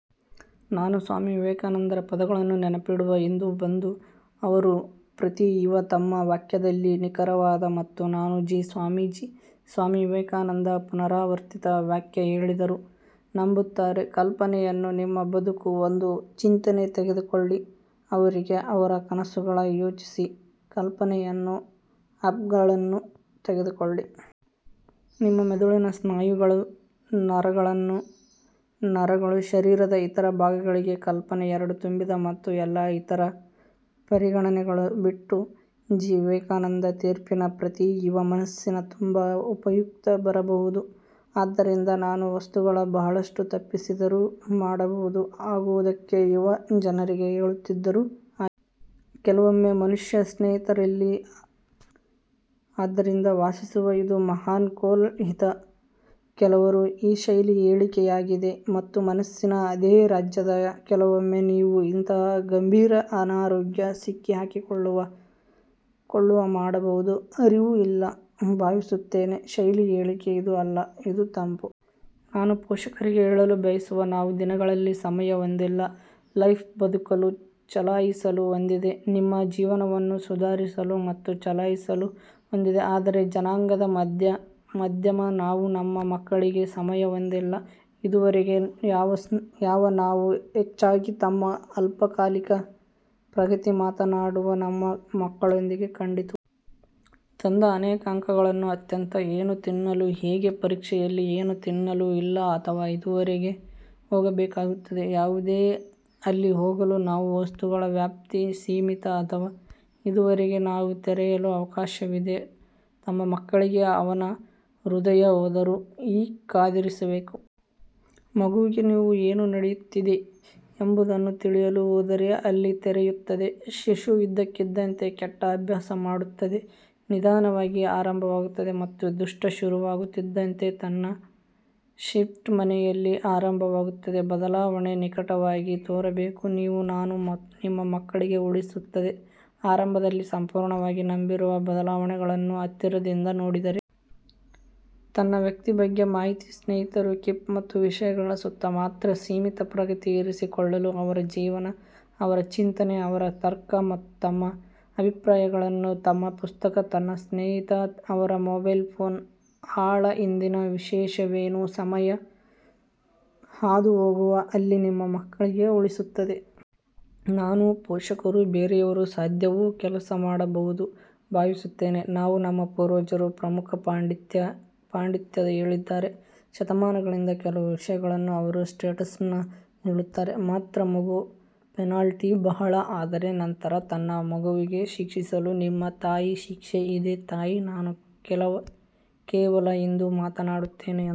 ನಾನು ಸ್ವಾಮಿ ವಿವೇಕಾನಂದರ ಪದಗಳನ್ನು ನೆನಪಿಡುವ ಇಂದು ಬಂದು. ಅವರು ಪ್ರತಿ ಯುವ ತಮ್ಮ ವಾಕ್ಯದಲ್ಲಿ ನಿಖರವಾದ ಮತ್ತು ನಾನು ಜಿ ಸ್ವಾಮಿ ವಿವೇಕಾನಂದ ಪುನರಾವರ್ತಿತ ವಾಕ್ಯ ಹೇಳಿದರು ನಂಬುತ್ತಾರೆ ಕಲ್ಪನೆಯನ್ನು ನಿಮ್ಮ ಬದುಕು, ಒಂದು ಚಿಂತನೆ ತೆಗೆದುಕೊಳ್ಳಿ. ಅವರಿಗೆ, ಅವರ ಕನಸುಗಳ ಯೋಚಿಸಿ. ಕಲ್ಪನೆಯನ್ನು ಅಪ್ಗಳನ್ನು ತೆಗೆದುಕೊಳ್ಳಿ. ನಿಮ್ಮ ಮೆದುಳಿನ, ಸ್ನಾಯುಗಳು, ನರಗಳನ್ನು ನರಗಳು, ಶರೀರದ ಇತರ ಭಾಗಗಳಿಗೆ ಕಲ್ಪನೆ ಎರಡು ತುಂಬಿದ ಮತ್ತು ಎಲ್ಲಾ ಇತರ ಪರಿಗಣನೆಗಳು ಬಿಟ್ಟು. ಜಿ ವಿವೇಕಾನಂದ ತೀರ್ಪಿನ ಪ್ರತಿ ಯುವ ಮನಸ್ಸಿನ, ತುಂಬಾ ಉಪಯುಕ್ತ ಬರಬಹುದು ಆದ್ದರಿಂದ, ನಾನು ವಸ್ತುಗಳ ಬಹಳಷ್ಟು ತಪ್ಪಿಸಿದರು ಮಾಡಬಹುದು ಆಗುವುದಕ್ಕೆ ಯುವ ಜನರಿಗೆ ಹೇಳುತ್ತಿದ್ದರು. ಕೆಲವೊಮ್ಮೆ ಮನುಷ್ಯ ಸ್ನೇಹಿತರಲ್ಲಿ ಆದ್ದರಿಂದ ವಾಸಿಸುವ ಇದು ಮಹಾನ್ ಕೂಲ್ ಹಿತ. ಕೆಲವರು ಈ ಶೈಲಿ ಹೇಳಿಕೆಯಾಗಿದೆ ಮತ್ತು ಮನಸ್ಸಿನ ಅದೇ ರಾಜ್ಯದ, ಕೆಲವೊಮ್ಮೆ ನೀವು ಇಂತಹ ಗಂಭೀರ ಅನಾರೋಗ್ಯ ಸಿಕ್ಕಿಹಾಕಿಕೊಳ್ಳುವ ಮಾಡಬಹುದು, ಅರಿವು ಇಲ್ಲ ಭಾವಿಸುತ್ತೇನೆ. ಶೈಲಿ ಹೇಳಿಕೆ ಇದು ಅಲ್ಲ ಇದು ತಂಪು. ನಾನು ಪೋಷಕರಿಗೆ ಹೇಳಲು ಬಯಸುವ. ನಾವು ದಿನಗಳಲ್ಲಿ ಸಮಯ ಹೊಂದಿಲ್ಲ. ಲೈಫ್ ಬದುಕಲು ಚಲಾಯಿಸಲು ಹೊಂದಿದೆ. ನಿಮ್ಮ ಜೀವನವನ್ನು ಸುಧಾರಿಸಲು ಮತ್ತು ಚಲಾಯಿಸಲು ಹೊಂದಿದೆ. ಆದರೆ ಜನಾಂಗದ ಮಧ್ಯ ಮಧ್ಯಮ, ನಾವು ನಮ್ಮ ಮಕ್ಕಳಿಗೆ ಸಮಯ ಹೊಂದಿಲ್ಲ? ಇದುವರೆಗೆ ಯಾವ ನಾವು ಹೆಚ್ಚಾಗಿ ತಮ್ಮ ಅಲ್ಪಕಾಲಿಕ ಪ್ರಗತಿಯ ಮಾತನಾಡುವ ನಮ್ಮ ಮಕ್ಕಳೊಂದಿಗೆ ಕಂಡಿತು. ತಂದ ಅನೇಕ ಅಂಕಗಳನ್ನು ಅತ್ಯಂತ ಏನು ತಿನ್ನಲು ಹೇಗೆ ಪರೀಕ್ಷೆಯಲ್ಲಿ? ಏನು ತಿನ್ನಲು ಇಲ್ಲ ಅಥವಾ ಇದುವರೆಗೆ ಹೋಗಬೇಕಾಗುತ್ತದೆ? ಯಾವುದೇ ಅಲ್ಲಿ ಹೋಗಲು ನಾವು ವಸ್ತುಗಳ ವ್ಯಾಪ್ತಿ ಸೀಮಿತ. ಅಥವಾ ಇದುವರೆಗೆ ನಾವು ತೆರೆಯಲು ಅವಕಾಶವಿದೆ ತಮ್ಮ ಮಕ್ಕಳಿಗೆ ಅವನ ಹೃದಯ ಹೋದರು? ಈ ಕಾದಿರಿಸಬೇಕು. ಮಗುವಿಗೆ ನೀವು ಏನು ನಡೆಯುತ್ತಿದೆ ಎಂಬುದನ್ನು ತಿಳಿಯಲು ಹೋದರೆ ಅಲ್ಲಿ ತೆರೆಯುತ್ತದೆ. ಶಿಶು ಇದ್ದಕ್ಕಿದ್ದಂತೆ ಕೆಟ್ಟ ಅಭ್ಯಾಸ ಮಾಡುತ್ತದೆ ನಿಧಾನವಾಗಿ ಆರಂಭವಾಗುತ್ತದೆ ಮತ್ತು ದುಷ್ಟ ಶುರುವಾಗುತ್ತಿದ್ದಂತೆ ತನ್ನ ಶಿಫ್ಟ್ ಮನೆಯಲ್ಲಿ ಆರಂಭವಾಗುತ್ತದೆ. ಬದಲಾವಣೆ ನಿಕಟವಾಗಿ ತೋರಬೇಕು. ನೀವು ನಾನು ನಿಮ್ಮ ಮಕ್ಕಳಿಗೆ ಉಳಿಸುತ್ತದೆ ಆರಂಭದಲ್ಲಿ ಸಂಪೂರ್ಣವಾಗಿ ನಂಬಿರುವ ಬದಲಾವಣೆಗಳನ್ನು ಹತ್ತಿರದಿಂದ ನೋಡಿದರೆ. ತನ್ನ ವ್ಯಕ್ತಿ ಬಗ್ಗೆ ಮಾಹಿತಿ ಸ್ನೇಹಿತರು ಕೀಪ್ ಮತ್ತು ವಿಷಯಗಳ ಸುತ್ತ ಮಾತ್ರ ಸೀಮಿತ ಪ್ರಗತಿ ಇರಿಸಿಕೊಳ್ಳಲು. ಅವರ ಜೀವನ, ಅವರ ಚಿಂತನೆ, ಅವರ ತರ್ಕ, ತಮ್ಮ ಅಭಿಪ್ರಾಯಗಳನ್ನು ತಮ್ಮ ಪುಸ್ತಕ, ತನ್ನ ಸ್ನೇಹಿತ, ಅವರ ಮೊಬೈಲ್ ಫೋನ್ ಆಳ ಇಂದಿನ ವಿಶೇಷವೇನು? ಸಮಯ ಹಾದುಹೋಗುವ ಅಲ್ಲಿ, ನಿಮ್ಮ ಮಕ್ಕಳಿಗೆ ಉಳಿಸುತ್ತದೆ. ನಾನು ಪೋಷಕರು ಬೇರೆಯವರು ಸಾಧ್ಯವೋ ಕೆಲಸ ಮಾಡಬಹುದು ಭಾವಿಸುತ್ತೇನೆ. ನಾವು ನಮ್ಮ ಪೂರ್ವಜರು ಪ್ರಮುಖ ಪಾಂಡಿತ್ಯದ ಹೇಳಿದ್ದಾರೆ ಶತಮಾನಗಳಿಂದ ಕೆಲವು ವಿಷಯಗಳನ್ನು. ಅವರು ಸ್ಟೇಟ್ಸ್ಮನ್ ಹೇಳುತ್ತಾರೆ ಮಾತ್ರ. ಮಗು ಪೆನಾಲ್ಟಿ ಬಹಳ. ಆದರೆ ನಂತರ ತನ್ನ ಮಗುವಿಗೆ ಶಿಕ್ಷಿಸಲು ನಿಮ್ಮ ತಾಯಿ ಶಿಕ್ಷೆ ಇದೆ. ತಾಯಿ ನಾನು ಕೇವಲ ಇಂದು ಮಾತನಾಡುತ್ತಾನೆ ಎಂದು